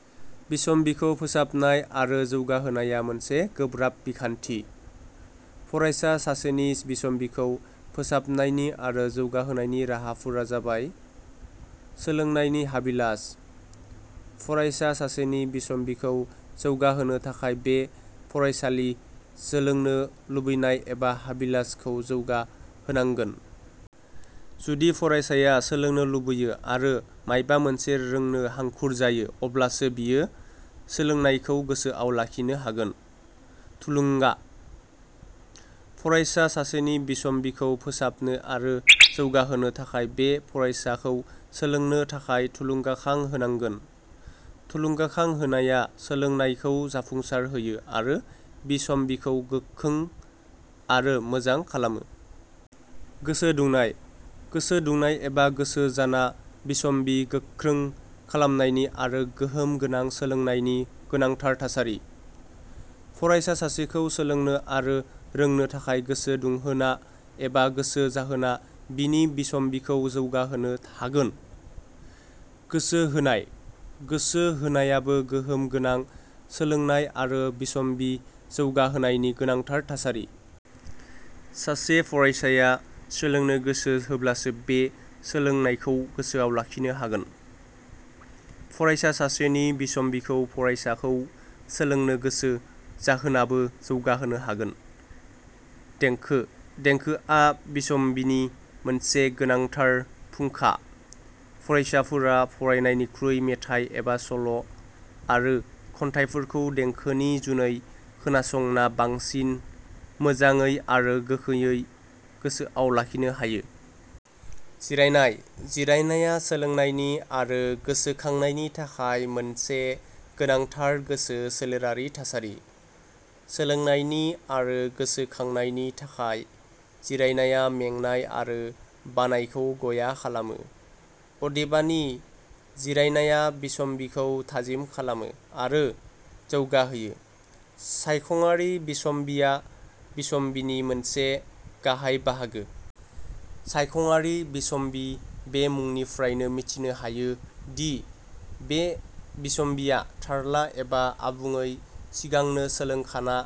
: बिसम्बिखौ फोसाबनाय आरो जौगाहोनाया मोनसे गोब्राब बिखान्थि। फरायसा सासेनि बिसम्बिखौ फोसाबनायनि आरो जौगाहोनायनि राहाफोरा जाबायः. सोलोंनायनि हाबिलास:: फरायसा सासेनि बिसम्बिखौ जौगाहोनो थाखाय बे फरायसानि सोलोंनो लुबैनाय एबा हाबिलासखौ जौगा होनांगोन। जुदि फरायसाया सोलोंनो लुबैयो आरो मायबा मोनसे रोंनो हांखुर जायो अब्लासो बियो सोलोंनायखौ गोसोआव लाखिनो हागोन।. थुलुंगा: फरायसा सासेनि बिसम्बिखौ फोसाबनो आरो जौगाहोनो थाखाय बे फरायसाखौ सोलोंनो थाखाय थुलुंगाखां होनांगोन। थुलुंगाखां होनाया सोलोंनायखौ जाफुंसार होयो आरो बिसम्बिखौ गोखों आरो मोजां खालामो। गोसो दुंनाय: गोसो दुंनाय एबा गोसो जाना बिसम्बि गोख्रों खालामनायनि आरो गोहोम गोनां सोलोंनायनि गोनांथार थासारि। फरायसा सासेखौ सोलोंनो आरो रोंनो थाखाय गोसो दुंहोना एबा गोसो जाहोना बिनि बिसम्बिखौ जौगाहोनो हागोन। गोसो होनाय: गोसो होनायाबो गोहोम गोनां सोलोंनाय आरो बिसम्बि जौगा होनायनि गोनांथार थासारि। सासे फरायसाया सोलोंनो गोसो होब्लासो बे सोलोंनायखौ गोसोआव लाखिनो हागोन। फरायसा सासेनि बिसम्बिखौ फरायसाखौ सोलोंनो गोसो जाहोनाबो जौगाहोनो हागोन। देखो: देंखोआ बिसम्बिनि मोनसे गोनाथार फुंखा। फरायसाफोरा फरायनायनिखुइ, मेथाइ एबा सल' आरो खन्थाइफोरखौ देंखोनि जुनै खोनासंना बांसिन मोजांयै आरो गोखैयै गोसोआव लाखिनो हायो। जिरायनाय: जिरायनाया सोलोंनायनि आरो गोसो खांनायनि थाखाय मोनसे गोनांथार गोसो सोलेरारि थासारि सोलोंनायनि आरो गोसो खांनायनि थाखाय। जिरायनाया मेंनाय आरो बानायखौ गया खालामो। अदेबानि, जिरायनाया बिसम्बिखौ थाजिम खालामो आरो जौगा होयो। सायखंआरि बिसम्बिया बिसम्बिनि मोनसे गाहाइ बाहागो। सायखं आरि बिसम्बि बे मुंनिफ्रायनो मिथिनो हायो दि बे बिसम्बिया थारला एबा आबुंयै सिगांनो सोलों खाना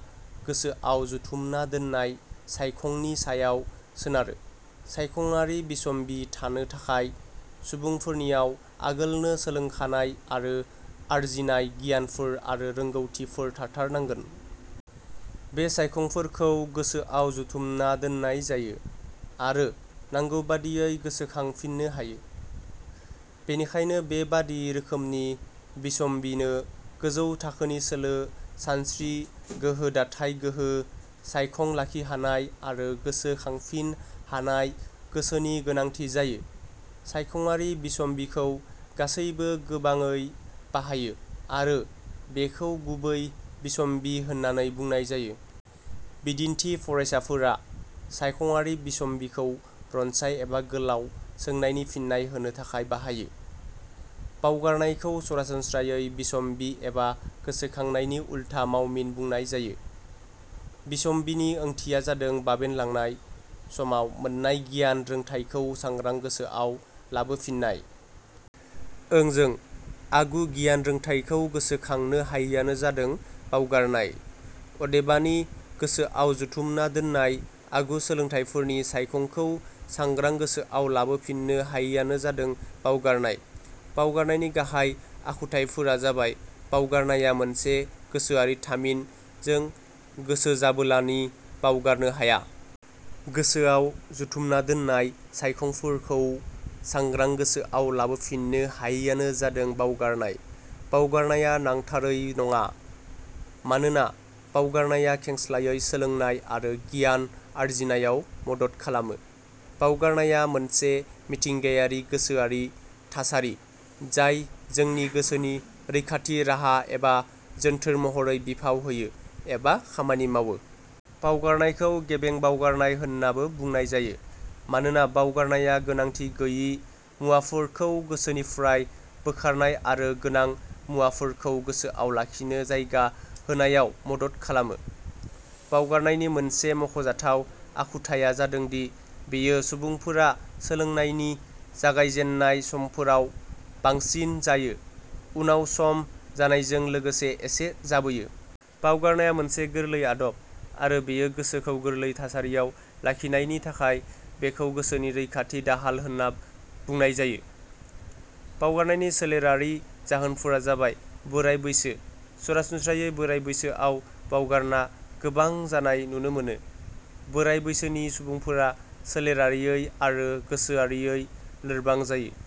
गोसोआव जुथुमना दोननाय सायखंनि सायाव सोनारो। सायखंआरि बिसम्बि थानो थाखाय सुबुंफोरनियाव आगोलनो सोलोंखानाय आरो आरजिनाय गियानफोर आरो रोंगौथिफोर थाथार नांगो। बे सायखंफोरखौ गोसोआव जुथुमना दोननाय जायो आरो नांगौबादियै गोसोखांफिननो हायो। बेनिखायनो बे बादि रोखोमनि बिसम्बिनो गोजौ थाखोनि सोलो, सानस्रि, गोहो दाथाइ गोहो, सायखं लाखिहानाय आरो गोसो खांफिन हानाय गोसोनि गोनांथि जायो। सायखंआरि बिसम्बिखौ गासैबो गोबांयै बाहायो आरो बेखौ "गुबै बिसम्बि" होननानै बुंनाय जायो। बिदिन्थि फरायसाफोरा सायखंआरि बिसम्बिखौ रनसाय एबा गोलाउ सोंनायनि फिननाय होनो थाखाय बाहायो।: बावगारनायखौ सरासनस्रायै बिसम्बि एबा गोसोखांनायनि उल्था मावमिन बुंनाय जायो। बिसम्बिनि ओंथिया जादों बाबेन लांनाय समाव मोननाय गियान रोंथाइखौ सांग्रां गोसोआव लाबो फिननाय। ओंजों, आगु गियान रोंथाइखौ गोसोखांनो हायियानो जादों बावगारनाय। उदेबानि, गोसोआव जुथुमना दोननाय आगु सोलोंथाइफोरनि सायखंखौ सांग्रां गोसोआव लाबोफिननो हायियानो जादों बावगारनाय।: बावगारनायनि गाहाइ आखुथाइफोरा जाबायः. बावगारनाया मोनसे गोसोआरि थामिन जों गोसोजाबोलानि बावगारनो हाया। गोसोआव जुथुमना दोननाय सायखंफोरखौ सांग्रां गोसोआव लाबोफिननो हायियानो जादों बावगारनाय।. बावगारनाया नांथारै नङा। मानोना बावगारनाया खेस्लायै सोलोंनाय आरो गियान आरजिनायाव मदद खालामो।. बावगारनाया मोनसे मिथिंगायारि गोसोआरि थासारि जाय जोंनि गोसोनि रैखाथि राहा एबा जोन्थोर महरै बिफाव होयो एबा खामानि मावो।. बावगारनायखौ गेबें बावगारनाय होननाबो बुंनाय जायो। मानोना बावगारनाया गोनांथि गैयि मुवाफोरखौ गोसोनिफ्राय बोखारनाय आरो गोनां मुवाफोरखौ गोसोआव लाखिनो जायगा होनायाव मदद खालामो।. बावगारनायनि मोनसे मख 'जाथाव आखुथाइया जादोंदि बेयो सुबुंफोरा सोलोंनायनि जागायजेननाय समफोराव बांसिन जायो उनाव सम जानायजों लोगोसे एसे जाबोयो।. बावगारनाया मोनसे गोरलै आदब आरो बेयो गोसोखौ गोरलै थासारियाव लाखिनायनि थाखाय बेखौ गोसोनि रैखाथि दाहाल होनना बुंनाय जायो। बावगारनायनि सोलेरारि जाहोनफोरा जाबाय:. बोराइ बैसो: सरासनम्रायै बोराइ बैसोआव बावगारना गोबां जानाय नुनो मोनो। बोराइ बैसोनि सुबुंफोरा सोलेरारियै आरो गोसोआरियै लोरबां जायो।